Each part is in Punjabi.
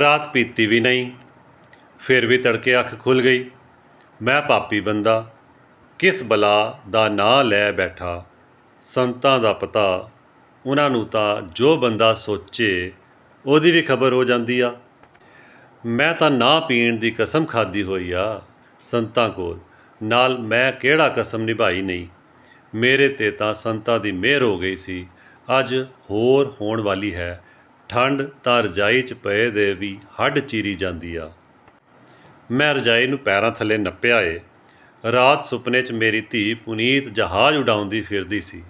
ਰਾਤ ਪੀਤੀ ਵੀ ਨਈਂ। ਫ਼ਿਰ ਵੀ ਤੜਕੇ ਅੱਖ ਖੁੱਲ੍ਹ ਗਈ। ਮੈਂ ਪਾਪੀ ਬੰਦਾ। ਕਿਸ ਬਲਾਅ ਦਾ ਨਾਂ ਲੈ ਬੈਠਾ। ਸੰਤਾਂ ਦਾ ਪਤਾ? ਉਨ੍ਹਾਂ ਨੂੰ ਤਾਂ, ਜੋ ਬੰਦਾ ਸੋਚੇ… ਉਹਦੀ ਵੀ ਖ਼ਬਰ ਹੋ ਜਾਂਦੀ ਆ। ਮੈਂ ਤਾਂ ਨਾ ਪੀਣ ਦੀ ਕਸਮ ਖਾਧੀ ਹੋਈ ਆ, ਸੰਤਾਂ ਕੋਲ। ਨਾਲ ਮੈਂ ਕਿਹੜਾ ਕਸਮ ਨਿਭਾਈ ਨਈਂ। ਮੇਰੇ 'ਤੇ ਤਾਂ ਸੰਤਾਂ ਦੀ ਮਿਹਰ ਹੋ ਗਈ ਸੀ। ਅੱਜ ਹੋਰ ਹੋਣ ਵਾਲੀ ਹੈ। ਠੰਡ ਤਾਂ ਰਜਾਈ 'ਚ ਪਏ ਦੇ ਵੀ ਹੱਢ ਚੀਰੀ ਜਾਂਦੀ ਆ। ਮੈਂ ਰਜਾਈ ਨੂੰ ਪੈਰਾਂ ਥੱਲੇ ਨੱਪਿਆ ਏ। ਰਾਤ ਸੁਪਨੇ 'ਚ ਮੇਰੀ ਧੀ ਪੁਨੀਤ ਜਹਾਜ਼ ਉਡਾਉਂਦੀ ਫ਼ਿਰਦੀ ਸੀ।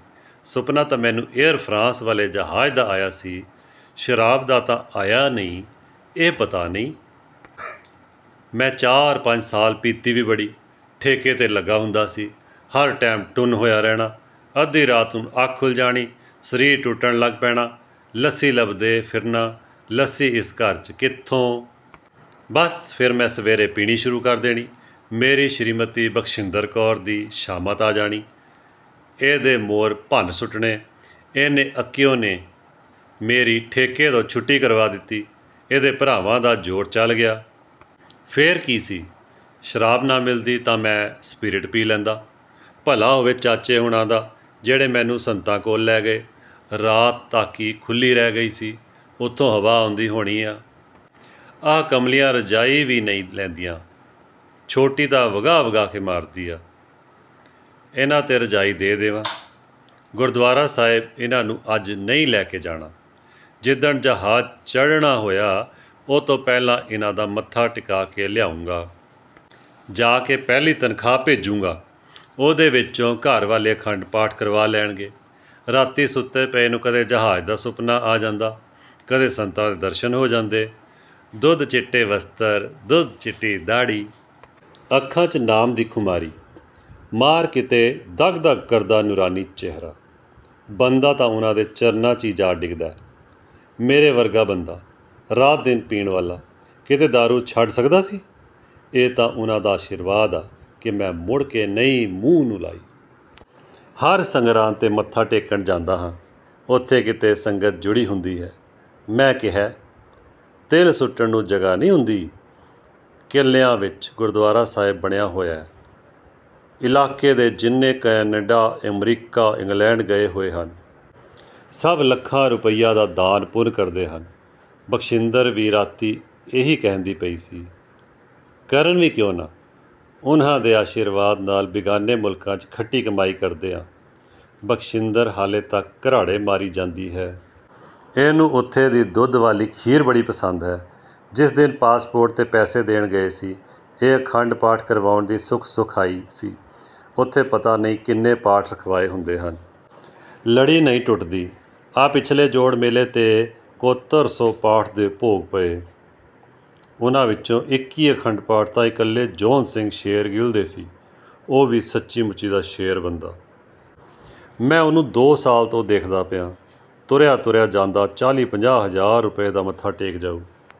ਸੁਪਨਾ ਤਾਂ ਮੈਨੂੰ ਏਅਰ ਫਰਾਂਸ ਵਾਲੇ ਜਹਾਜ਼ ਦਾ ਆਇਆ ਸੀ। ਸ਼ਰਾਬ ਦਾ ਤਾਂ ਆਇਆ ਨਈਂ। ਇਹ ਪਤਾ ਨਈਂ—। ਮੈਂ ਚਾਰ-ਪੰਜ ਸਾਲ ਪੀਤੀ ਵੀ ਬੜੀ। ਠੇਕੇ 'ਤੇ ਲੱਗਾ ਹੁੰਦਾ ਸੀ। ਹਰ ਟੈਮ ਟੁੰਨ ਹੋਇਆ ਰਹਿਣਾ। ਅੱਧੀ ਰਾਤ ਨੂੰ ਅੱਖ ਖੁੱਲ੍ਹ ਜਾਣੀ। ਸਰੀਰ ਟੁੱਟਣ ਲੱਗ ਪੈਣਾ। ਲੱਸੀ ਲੱਭਦੇ ਫ਼ਿਰਨਾ। ਲੱਸੀ ਇਸ ਘਰ 'ਚ ਕਿਥੋਂ? ਬੱਸ ਫ਼ਿਰ ਮੈਂ ਸਵੇਰੇ ਪੀਣੀ ਸ਼ੁਰੂ ਕਰ ਦੇਣੀ। ਮੇਰੀ ਸ਼੍ਰੀਮਤੀ ਬਖਸ਼ਿੰਦਰ ਕੌਰ ਦੀ ਸ਼ਾਮਤ ਆ ਜਾਣੀ। ਇਹਦੇ ਮੌਰ ਭੰਨ ਸੁੱਟਣੇ। ਇਹਨੇ ਅੱਕੀਓ ਨੇ ਮੇਰੀ ਠੇਕੇ ਤੋਂ ਛੁੱਟੀ ਕਰਵਾ ਦਿੱਤੀ। ਇਹਦੇ ਭਰਾਵਾਂ ਦਾ ਜ਼ੋਰ ਚੱਲ ਗਿਆ। ਫ਼ੇਰ ਕੀ ਸੀ। ਸ਼ਰਾਬ ਨਾ ਮਿਲਦੀ ਤਾਂ ਮੈਂ ਸਪਿਰਿਟ ਪੀ ਲੈਂਦਾ। ਭਲਾ ਹੋਵੇ ਚਾਚੇ ਹੁਣਾਂ ਦਾ ਜਿਹੜੇ ਮੈਨੂੰ ਸੰਤਾਂ ਕੋਲ ਲੈ ਗਏ। ਰਾਤ ਤਾਕੀ ਖੁੱਲ੍ਹੀ ਰਹਿ ਗਈ ਸੀ। ਉਥੋਂ ਹਵਾ ਆਉਂਦੀ ਹੋਣੀ ਆ। ਆਹ ਕਮਲੀਆਂ ਰਜਾਈ ਵੀ ਨਈਂ ਲੈਂਦੀਆਂ। ਛੋਟੀ ਤਾਂ ਵਗਾਹ-ਵਗਾਹ ਕੇ ਮਾਰਦੀ ਆ।… ਇਨ੍ਹਾਂ 'ਤੇ ਰਜਾਈ ਦੇ ਦੇਵਾਂ। ਗੁਰਦੁਆਰਾ ਸਾਹਿਬ ਇਨ੍ਹਾਂ ਨੂੰ ਅੱਜ ਨਈਂ ਲੈ ਕੇ ਜਾਣਾ। ਜਿੱਦਣ ਜਹਾਜ਼ ਚੜ੍ਹਣਾ ਹੋਇਆ, ਉਹ ਤੋਂ ਪਹਿਲਾਂ ਇਨ੍ਹਾਂ ਦਾ ਮੱਥਾ ਟਿਕਾ ਕੇ ਲਿਆਊਗਾ। ਜਾ ਕੇ ਪਹਿਲੀ ਤਨਖ਼ਾਹ ਭੇਜੂੰਗਾ। ਉਹਦੇ ਵਿੱਚੋਂ ਘਰ ਵਾਲੇ ਅਖੰਡ ਪਾਠ ਕਰਵਾ ਲੈਣਗੇ। ਰਾਤੀਂ ਸੁੱਤੇ ਪਏ ਨੂੰ ਕਦੇ ਜਹਾਜ਼ ਦਾ ਸੁਪਨਾ ਆ ਜਾਂਦਾ, ਕਦੇ ਸੰਤਾਂ ਦੇ ਦਰਸ਼ਨ ਹੋ ਜਾਂਦੇ। ਦੁੱਧ ਚਿੱਟੇ ਵਸਤਰ, ਦੁੱਧ ਚਿੱਟੀ ਦਾੜ੍ਹੀ। ਅੱਖਾਂ 'ਚ ਨਾਮ ਦੀ ਖੁਮਾਰੀ। ਮਾਅਰ ਕਿਤੇ… ਦੱਗ-ਦੱਗ ਕਰਦਾ ਨੂਰਾਨੀ ਚਿਹਰਾ। ਬੰਦਾ ਤਾਂ ਉਨ੍ਹਾਂ ਦੇ ਚਰਨਾਂ 'ਚ ਈ ਜਾ ਡਿਗਦੈ। ਮੇਰੇ ਵਰਗਾ ਬੰਦਾ, ਰਾਤ ਦਿਨ ਪੀਣ ਵਾਲਾ, ਕਿਤੇ ਦਾਰੂ ਛੱਡ ਸਕਦਾ ਸੀ? ਇਹ ਤਾਂ ਉਨ੍ਹਾਂ ਦਾ ਆਸ਼ੀਰਵਾਦ ਆ ਕਿ ਮੈਂ ਮੁੜ ਕੇ ਨਈਂ ਮੂੰਹ ਨੂੰ ਲਾਈ। ਹਰ ਸੰਗਰਾਂਦ 'ਤੇ ਮੱਥਾ ਟੇਕਣ ਜਾਂਦਾ ਹਾਂ। ਉੱਥੇ ਕਿਤੇ ਸੰਗਤ ਜੁੜੀ ਹੁੰਦੀ ਹੈ! ਮੈਂ ਕਿਹੈ… ਤਿਲ ਸੁੱਟਣ ਨੂੰ ਜਗ੍ਹਾ ਨਈਂ ਹੁੰਦੀ। ਕਿੱਲਿਆਂ ਵਿੱਚ ਗੁਰਦੁਆਰਾ ਸਾਹਿਬ ਬਣਿਆ ਹੋਇਆ। ਇਲਾਕੇ ਦੇ ਜਿੰਨੇ ਕਨੈਡਾ ਅਮਰੀਕਾ ਇੰਗਲੈਂਡ ਗਏ ਹੋਏ ਹਨ। ਸੱਭ ਲੱਖਾਂ ਰੁਪਈਆਂ ਦਾ ਦਾਨ ਪੁੰਨ ਕਰਦੇ ਹਨ। ਬਖਸ਼ਿੰਦਰ ਵੀ ਰਾਤੀਂ ਇਹੀ ਕਹਿੰਦੀ ਪਈ ਸੀ। "ਕਰਨ ਵੀ ਕਿਉਂ ਨਾ। ਉਨ੍ਹਾਂ ਦੇ ਆਸ਼ੀਰਵਾਦ ਨਾਲ ਬਿਗਾਨੇ ਮੁਲਕਾਂ 'ਚ ਖੱਟੀ ਕਮਾਈ ਕਰਦੇ ਆ। " ਬਖਸ਼ਿੰਦਰ ਹਾਲੇ ਤੱਕ ਘਰਾੜੇ ਮਾਰੀ ਜਾਂਦੀ ਹੈ। ਇਹਨੂੰ ਉੱਥੇ ਦੀ ਦੁੱਧ ਵਾਲੀ ਖੀਰ ਬੜੀ ਪਸੰਦ ਹੈ। ਜਿਸ ਦਿਨ ਪਾਸਪੋਰਟ ਤੇ ਪੈਸੇ ਦੇਣ ਗਏ ਸੀ। ਇਹ ਅਖੰਡ ਪਾਠ ਕਰਵਾਉਣ ਦੀ ਸੁੱਖ ਸੁਖ ਆਈ ਸੀ। ਉਥੇ ਪਤਾ ਨਈਂ ਕਿੰਨੇ ਪਾਠ ਰਖਵਾਏ ਹੁੰਦੇ ਹਨ। ਲੜੀ ਨਈਂ ਟੱੁਟਦੀ। ਆ ਪਿੱਛਲੇ ਜੋੜ ਮੇਲੇ 'ਤੇ ਕੋਤਰ ਸੌ ਪਾਠਾਂ ਦੇ ਭੋਗ ਪਏ। ਉਨ੍ਹਾਂ ਵਿੱਚੋਂ ਇੱਕੀ ਅਖੰਡ ਪਾਠ ਤਾਂ ਇਕੱਲੇ ਜੌਹਨ ਸਿੰਘ ਸ਼ੇਰਗਿੱਲ ਦੇ ਸੀ। ਉਹ ਵੀ ਸੱਚੀਂ ਮੁੱਚੀਂ ਦਾ ਸ਼ੇਰ ਬੰਦਾ। ਮੈਂ ਉਹਨੂੰ ਦੋ ਸਾਲ ਤੋਂ ਦੇਖਦਾ ਪਿਆਂ। ਤੁਰਿਆ-ਤੁਰਿਆ ਜਾਂਦਾ ਚਾਲੀ-ਪੰਜਾਹ ਹਜ਼ਾਰ ਰੁਪਏ ਦਾ ਮੱਥਾ ਟੇਕ ਜਾਊ।